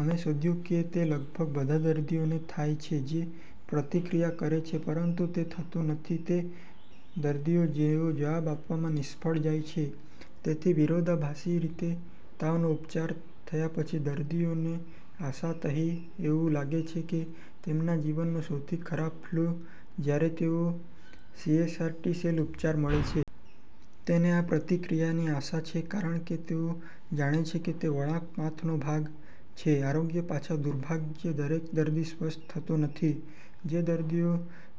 અમે શોધ્યું કે તે લગભગ બધા દર્દીઓ ને થાય છે જે પ્રતિક્રિયા કરે છે પરંતુ તે થતું નથી તે દર્દીઓ જેઓ જવાબ આપવામાં નિષ્ફળ જાય છે. તેથી વિરોધાભાસી રીતે તાવનો ઉપચાર થયા પછી દર્દીઓને આશા તહી એવું લાગે છે કે તેમના જીવનનો સૌથી ખરાબ ફલૂ જ્યારે તેઓ સીએઆર ટી-સેલ ઉપચાર મળે છે. તેને આ પ્રતિક્રિયાની આશા છે કારણ કે તેઓ જાણે છે કે તે વળાંક પાથનો ભાગ છે આરોગ્ય પાછા. દુર્ભાગ્યે, દરેક દર્દી સ્વસ્થ થતો નથી. જે દર્દીઓ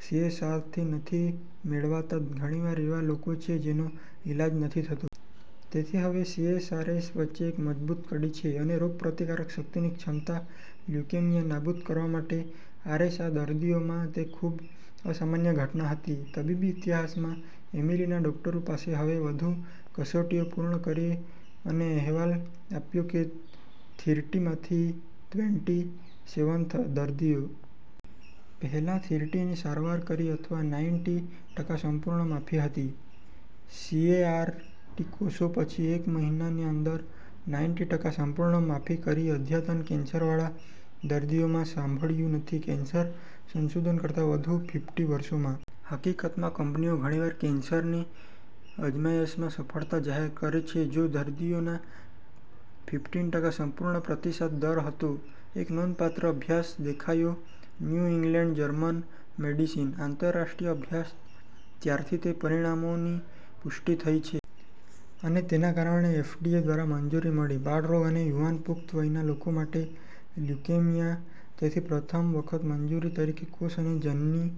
સીઆરએસ નથી મેળવતા, ઘણીવાર એવા લોકો છે જેનો ઇલાજ નથી થતો. તેથી હવે સીઆરએસ વચ્ચે એક મજબૂત કડી છે અને રોગપ્રતિકારક શક્તિની ક્ષમતા લ્યુકેમિયા નાબૂદ કરવા માટે. આર.એસ.આ દર્દીઓમાં તે ખૂબ જ અસામાન્ય ઘટના હતી તબીબી ઇતિહાસમાં. એમિલીના ડોકટરો પાસે હવે વધુ કસોટીઓ પૂર્ણ કરી અને અહેવાલ આપ્યો કે થીરટી માંથી ટ્વેન્ટી સેવન દર્દીઓ. પહેલા થીરટીની સારવાર કરી અથવા નાઈન્ટી ટકા સંપૂર્ણ માફી હતી. સીએઆર ટી કોષો પછી એક મહિનાની અંદર નાઈન્ટી ટકા સંપૂર્ણ માફી દર અદ્યતન કેન્સરવાળા દર્દીઓમાં સાંભળ્યું નથી કેન્સર સંશોધન કરતાં વધુ ફિફ્ટી વર્ષોમાં. હકીકતમાં, કંપનીઓ ઘણીવાર કેન્સરની અજમાયશમાં સફળતા જાહેર કરે છે જો દર્દીઓના ફિફટિન ટકા સંપૂર્ણ પ્રતિસાદ દર હતો. એક નોંધપાત્ર અભ્યાસ દેખાયો "ન્યુ ઇંગ્લેંડ જર્નલ મેડિસિન" આંતરરાષ્ટ્રીય અભ્યાસ ત્યારથી તે પરિણામોની પુષ્ટિ થઈ છે. અને તેના કારણે એફડીએ દ્વારા મંજૂરી મળી બાળરોગ અને યુવાન પુખ્ત વયના લોકો માટેના લ્યુકેમિયા. તેથી પ્રથમ વખત મંજૂરી તરીકે કોષ અને જનીન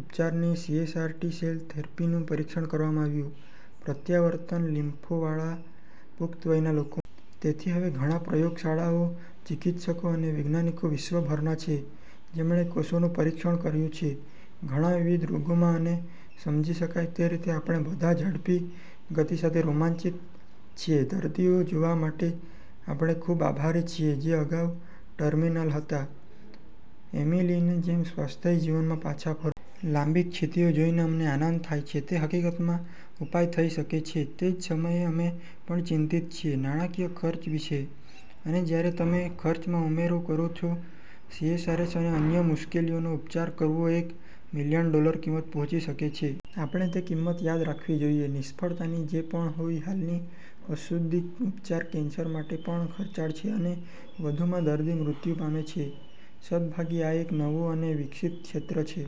ઉપચારની સીએઆર ટી-સેલ થેરેપીનું પરીક્ષણ કરવામાં આવ્યું પ્રત્યાવર્તન લિમ્ફોમાવાળા પુખ્ત વયના લોકોમાં. તેથી હવે ઘણા પ્રયોગશાળાઓ, ચિકિત્સકો અને વૈજ્ઞાનિકો વિશ્વભરના છે જેમણે કોષોનું પરીક્ષણ કર્યું છે ઘણા વિવિધ રોગોમાં અને સમજી શકાય તે રીતે. આપણે બધા ઝડપી ગતિ સાથે રોમાંચિત છીએ દર્દીઓ જોવા માટે. આપણે ખૂબ આભારી છીએ જે અગાઉ ટર્મિનલ હતા એમિલીની જેમ સ્વસ્થ જીવનમાં પાછા ફરો. લાંબી ક્ષતિઓ જોઈને અમને આનંદ થાય છે. તે હકીકતમાં ઉપાય થઈ શકે છે. તે જ સમયે અમે પણ ચિંતિત છીએ નાણાકીય ખર્ચ વિશે. અને જ્યારે તમે ખર્ચમાં ઉમેરો કરો છો, સીઆરએસ અને અન્ય મુશ્કેલીઓનો ઉપચાર કરવો એક મિલિયન ડોલર કિંમત પહોંચી શકે છે. આપણે તે કિંમત યાદ રાખવી જોઈએ નિષ્ફળતાની જે પણ હોય હાલની અશુદ્ધિક ઉપચાર કેન્સર માટે પણ ખર્ચાળ છે અને વધુમાં દર્દી મૃત્યુ પામે છે. સદભાગ્યે, આ એક નવું અને વિકસિત ક્ષેત્ર છે.